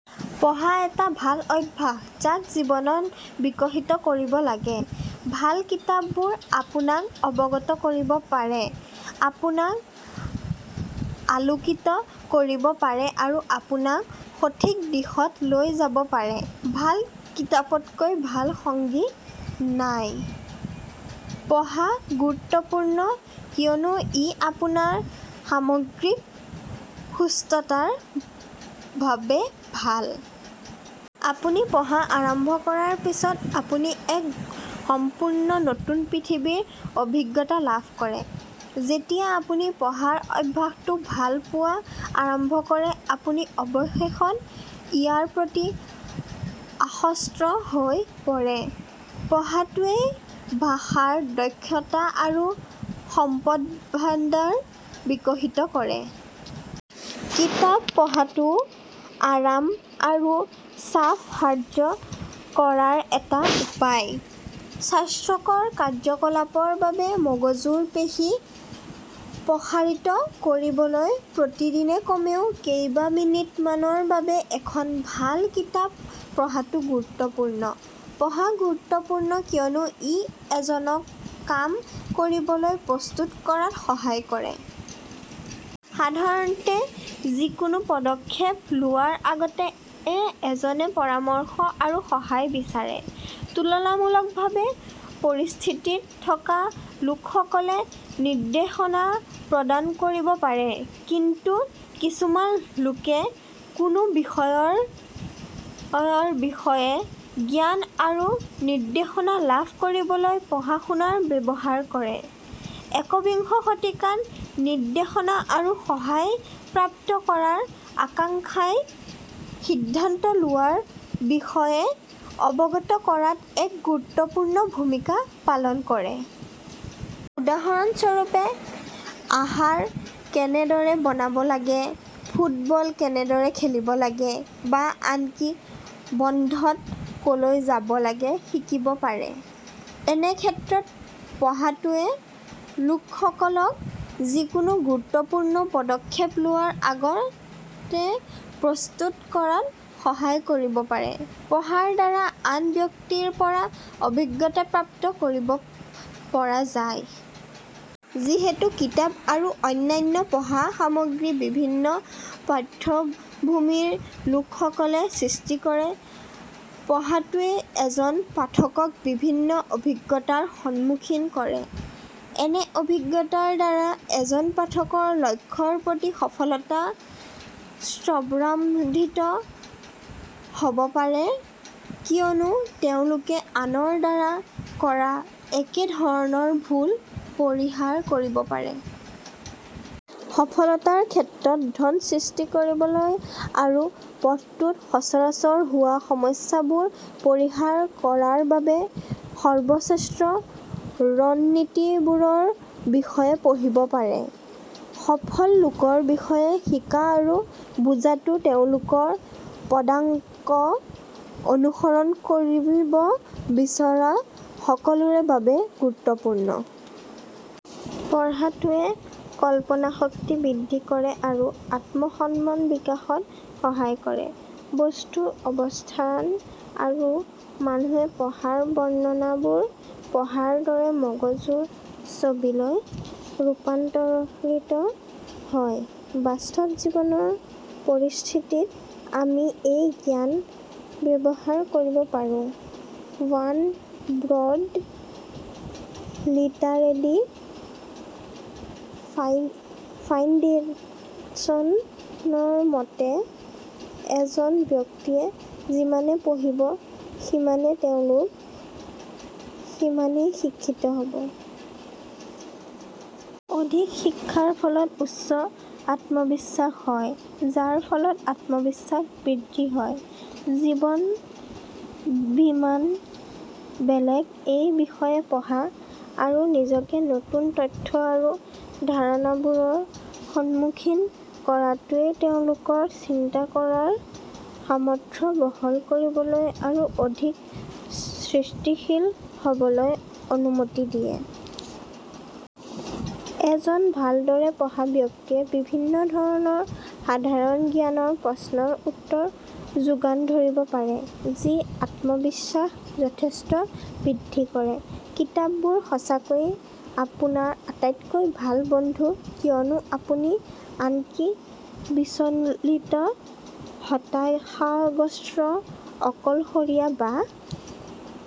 পঢ়া এটা ভাল অভ্যাস যাক জীৱনত বিকশিত কৰিব লাগে। ভাল কিতাপবোৰে আপোনাক অৱগত কৰিব পাৰে, আপোনাক আলোকিত কৰিব পাৰে আৰু আপোনাক সঠিক দিশত লৈ যাব পাৰে। ভাল কিতাপতকৈ ভাল সংগী নাই। পঢ়া গুৰুত্বপূৰ্ণ কিয়নো ই আপোনাৰ সামগ্ৰিক সুস্থতাৰ বাবে ভাল। আপুনি পঢ়া আৰম্ভ কৰাৰ পিছত, আপুনি এক সম্পূৰ্ণ নতুন পৃথিৱীৰ অভিজ্ঞতা লাভ কৰে। যেতিয়া আপুনি পঢ়াৰ অভ্যাসটো ভাল পোৱা আৰম্ভ কৰে আপুনি অৱশেষত ইয়াৰ প্ৰতি আসক্ত হৈ পৰে। পঢ়াটোৱে ভাষাৰ দক্ষতা আৰু শব্দভাণ্ডাৰ বিকশিত কৰে। কিতাপ পঢ়াটোও আৰাম আৰু চাপ হ্ৰাস কৰাৰ এটা উপায়। স্বাস্থ্যকৰ কাৰ্যকলাপৰ বাবে মগজুৰ পেশী প্ৰসাৰিত কৰিবলৈ প্ৰতিদিনে কমেও কেইমিনিটমানৰ বাবে এখন ভাল কিতাপ পঢ়াটো গুৰুত্বপূৰ্ণ। পঢ়া গুৰুত্বপূৰ্ণ কিয়নো ই এজনক কাম কৰিবলৈ প্ৰস্তুত কৰাত সহায় কৰে। সাধাৰণতে, যিকোনো পদক্ষেপ লোৱাৰ আগতে, এজনে পৰামৰ্শ আৰু সহায় বিচাৰে। তুলনামূলক পৰিস্থিতিত থকা লোকসকলে নিৰ্দেশনা প্ৰদান কৰিব পাৰে। কিন্তু কিছুমান লোকে কোনো বিষয়ৰ বিষয়ে জ্ঞান আৰু নিৰ্দেশনা লাভ কৰিবলৈ পঢ়া-শুনা ব্যৱহাৰ কৰে। একবিংশ শতিকাত, নিৰ্দেশনা আৰু সহায় প্ৰাপ্ত কৰাৰ আকাংক্ষাই সিদ্ধান্ত লোৱাৰ বিষয়ে অৱগত কৰাত এক গুৰুত্বপূৰ্ণ ভূমিকা পালন কৰে। উদাহৰণ স্বৰূপে, আহাৰ কেনেদৰে বনাব লাগে, ফুটবল কেনেদৰে খেলিব লাগে, বা আনকি বন্ধত ক'লৈ যাব লাগে শিকিব পাৰে। এনে ক্ষেত্ৰত, পঢ়াটোৱে লোকসকলক যিকোনো গুৰুত্বপূৰ্ণ পদক্ষেপ লোৱাৰ আগতে প্ৰস্তুত কৰাত সহায় কৰিব পাৰে। পঢ়াৰ দ্বাৰা আন ব্যক্তিৰ পৰা অভিজ্ঞতা প্ৰাপ্ত কৰিব পৰা যায়। যিহেতু কিতাপ আৰু অন্যান্য পঢ়া সামগ্ৰী বিভিন্ন পৃষ্ঠভূমিৰ লোকসকলে সৃষ্টি কৰে, পঢ়াটোৱে এজন পাঠকক বিভিন্ন অভিজ্ঞতাৰ সন্মুখীন কৰে। এনে অভিজ্ঞতাৰ দ্বাৰা এজন পাঠকৰ লক্ষ্যৰ প্ৰতি সফলতা ত্বৰান্বিত হ'ব পাৰে কিয়নো তেওঁলোকে আনৰ দ্বাৰা কৰা একে ধৰণৰ ভুল পৰিহাৰ কৰিব পাৰে। সফলতাৰ ক্ষেত্ৰত, ধন সৃষ্টি কৰিবলৈ আৰু পথটোত সচৰাচৰ হোৱা সমস্যাবোৰ পৰিহাৰ কৰাৰ বাবে সৰ্বশ্ৰেষ্ঠ ৰণনীতিবোৰৰ বিষয়ে পঢ়িব পাৰে। সফল লোকৰ বিষয়ে শিকা আৰু বুজা টো তেওঁলোকৰ পদাংক অনুসৰণ কৰিব বিচৰা সকলোৰে বাবে গুৰুত্বপূৰ্ণ। পঢ়াটোৱে কল্পনাশক্তি বৃদ্ধি কৰে আৰু আত্ম-সন্মান বিকাশত সহায় কৰে। বস্তু, অৱস্থান আৰু মানুহে পঢ়া ৰ বৰ্ণনাবোৰ পঢ়াৰ দৰে মগজুৰ ছবিলৈ ৰূপান্তৰিত হয়। বাস্তৱ জীৱনৰ পৰিস্থিতিত, আমি এই জ্ঞান ব্যৱহাৰ কৰিব পাৰোঁ। ৱান ৱৰ্ল্ড লিটাৰেচি ফাউণ্ডেচন ৰ মতে, এজন ব্যক্তিয়ে যিমানে পঢ়িব সিমানে তেওঁলোক সিমানেই শিক্ষিত হ'ব। অধিক শিক্ষাৰ ফলত উচ্চ আত্মবিশ্বাস হয়, যাৰ ফলত আত্মসন্মান বৃদ্ধি হয়। জীৱন কিমান বেলেগ সেই বিষয়ে পঢ়া আৰু নিজকে নতুন তথ্য আৰু ধাৰণাবোৰৰ সন্মুখীন কৰাটোৱে তেওঁলোকৰ চিন্তাকৰাৰ সামৰ্থ্য বহল কৰিবলৈ আৰু অধিক সৃষ্টিশীল হ'বলৈ অনুমতি দিয়ে। এজন ভালদৰে পঢ়া ব্যক্তিয়ে বিভিন্ন ধৰণৰ সাধাৰণ জ্ঞানৰ প্ৰশ্নৰ উত্তৰ যোগান ধৰিব পাৰে, যি আত্মবিশ্বাস যথেষ্ট বৃদ্ধি কৰে। কিতাপবোৰ সঁচাকৈয়ে আপোনাৰ আটাইতকৈ ভাল বন্ধু কিয়নো আপুনি আমনি, বিচলিত, হতাশাগ্ৰস্ত, অকলশৰীয়া বা